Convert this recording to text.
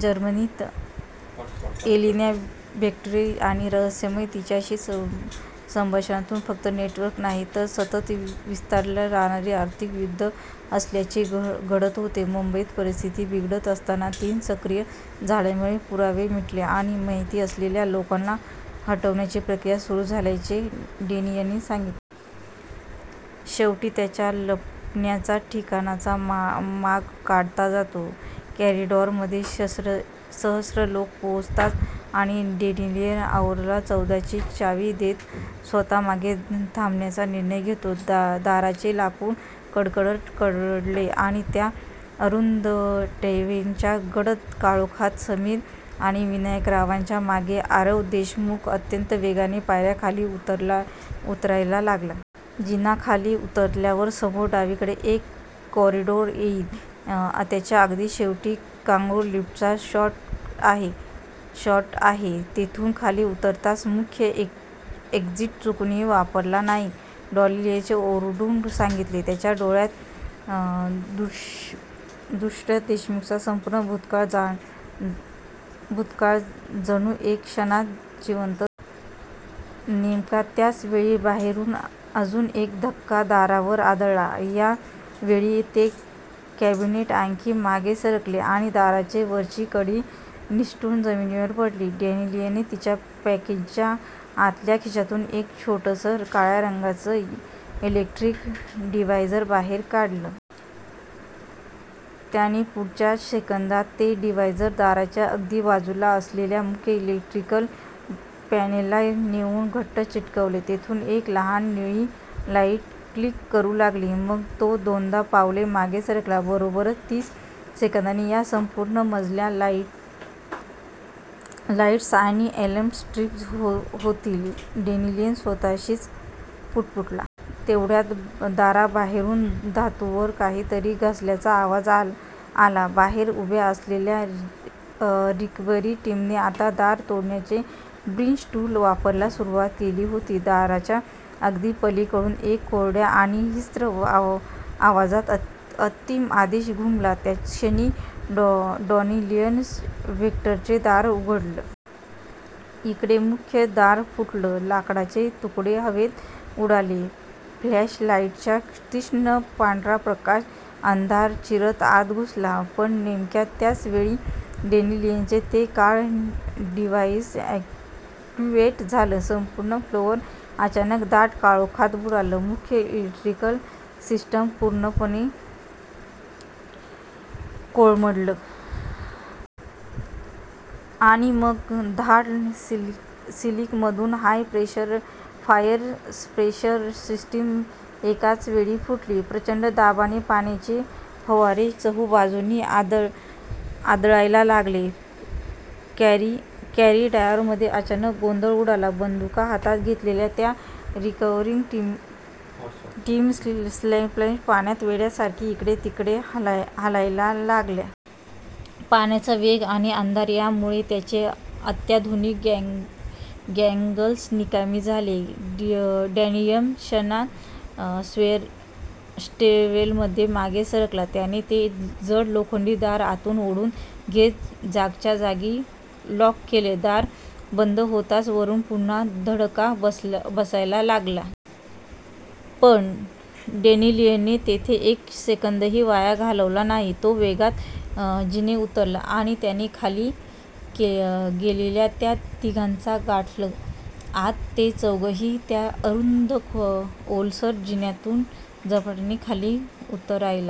जर्मनीत Elina Volkova आणि रहस्यमय यांच्यातील संभाषणातून फक्त नेटवर्क नाही. तर सतत विस्तारत राहणारं आर्थिक युद्ध असल्याचं उघड होतं. मुंबईत परिस्थिती बिघडत असताना "तीन " सक्रिय झाल्यामुळे पुरावे मिटवणे आणि माहिती असलेल्या लोकांना हटवण्याची प्रक्रिया सुरू झाल्याचं डॅनियल सांगतो. शेवटी त्यांच्या लपण्याच्या ठिकाणाचा माग काढला जातो, कॉरिडॉरमध्ये सशस्त्र लोक पोहोचतात, आणि डॅनियल आरवला चौदा ची चावी देत स्वतः मागे थांबण्याचा निर्णय घेतो. दाराचे लाकूड कडकड कडकडले, आणि त्या अरुंद स्टॅअरवेलच्या गडद काळोखात, समीर आणि विनायकरावांच्या मागे आरव देशमुख अत्यंत वेगाने पायऱ्या खाली उतरायला लागला. " जिना खाली उतरल्यावर समोर डावीकडे एक कॉरिडॉर येईल. त्याच्या अगदी शेवटी कार्गो लिफ्टचा शाफ्ट आहे. तिथून खाली उतरायचं. मुख्य एक्झिट चुकूनही वापरायचा नाही. " डॅनियलने ओरडून सांगितले. त्याच्या डोळ्यांत दुष्यंत देशमुखचा संपूर्ण भूतकाळ जणू एका क्षणात जिवंत झाला. नेमका त्याच वेळी बाहेरून अजून एक धक्का दारावर आदळला. या वेळी ते कॅबिनेट आणखी मागे सरकले आणि दाराची वरची कडी निसटून जमिनीवर पडली. डॅनियलने त्याच्या जॅकेटच्या आतल्या खिशातून एक छोटंसं, काळ्या रंगाचं इलेक्ट्रॉनिक डिव्हाइस बाहेर काढलं. त्याने पुढच्याच सेकंदाला ते डिव्हाइस दाराच्या अगदी बाजूला असलेल्या मुख्य इलेक्ट्रिकल पॅनेलला नेऊन घट्ट चिकटवले. तिथून एक लहान निळी लाईट ब्लिंक करू लागली. मग तो दोन पावले मागे सरकला. "बरोबर तीस सेकंदांनंतर या संपूर्ण मजल्याचे लाईट्स आणि अलार्म्स ट्रिप होतील," डॅनियल स्वतःशीच पुटपुटला. तेवढ्यात दाराबाहेरून धातूवर काहीतरी घासल्याचा आवाज आला. बाहेर उभ्या असलेल्या रिकव्हरी टीमने आता दार तोडण्यासाठी 'ब्रीच टूल' वापरायला सुरुवात केली होती. दाराच्या अगदी पलीकडून एका कोरड्या आणि हिंस्त्र आवाजात अंतिम आदेश घुमला," त्याच क्षणी डॅनियलने स्टॅअरवेलचं दार उघडलं. इकडे मुख्य दार फुटलं. लाकडाचे तुकडे हवेत उडाले. फ्लॅशलाईट्सचा तीक्ष्ण पांढरा प्रकाश अंधार चिरत आत घुसला. पण नेमक्या त्याच वेळी डॅनियलचं ते काळं डिव्हाइस अॅक्टिव्हेट झालं. संपूर्ण फ्लोअर अचानक दाट काळोखात बुडाला. मुख्य इलेक्ट्रिकल सिस्टीम पूर्णपणे कोलमडली. आणि मग धाऽऽड! सीलिंगमधून हाय-प्रेशर फायर सप्रेशन सिस्टीम एकाच वेळी फुटली. प्रचंड दाबाने पाण्याचे फवारे चहुबाजूंनी आदळायला लागले. कॉरिडॉरमध्ये अचानक गोंधळ उडाला. बंदुका हातांत घेतलेल्या त्या रिकव्हरी टीमच्या फ्लॅशलाईट्स पाण्यात वेड्यासारख्या इकडेतिकडे हलायला लागल्या. पाण्याचा वेग आणि अंधार यामुळे त्यांचे अत्याधुनिक गॉगल्स निकामी झाले. डॅनियल क्षणात स्टॅअरवेलमध्ये मागे सरकला. त्याने ते जड लोखंडी दार आतून ओढून घेत जागच्या जागी लॉक केलं. दार बंद होताच वरून पुन्हा धडका बसायला लागल्या. पण डॅनियलने तिथे एक सेकंदही वाया घालवला नाही. तो वेगात जिने उतरला आणि त्याने खाली गेलेल्या त्या तिघांना गाठलं. आता ते चौघंही त्या अरुंद, ओलसर जिन्यातून झपाट्याने खाली उतरायल--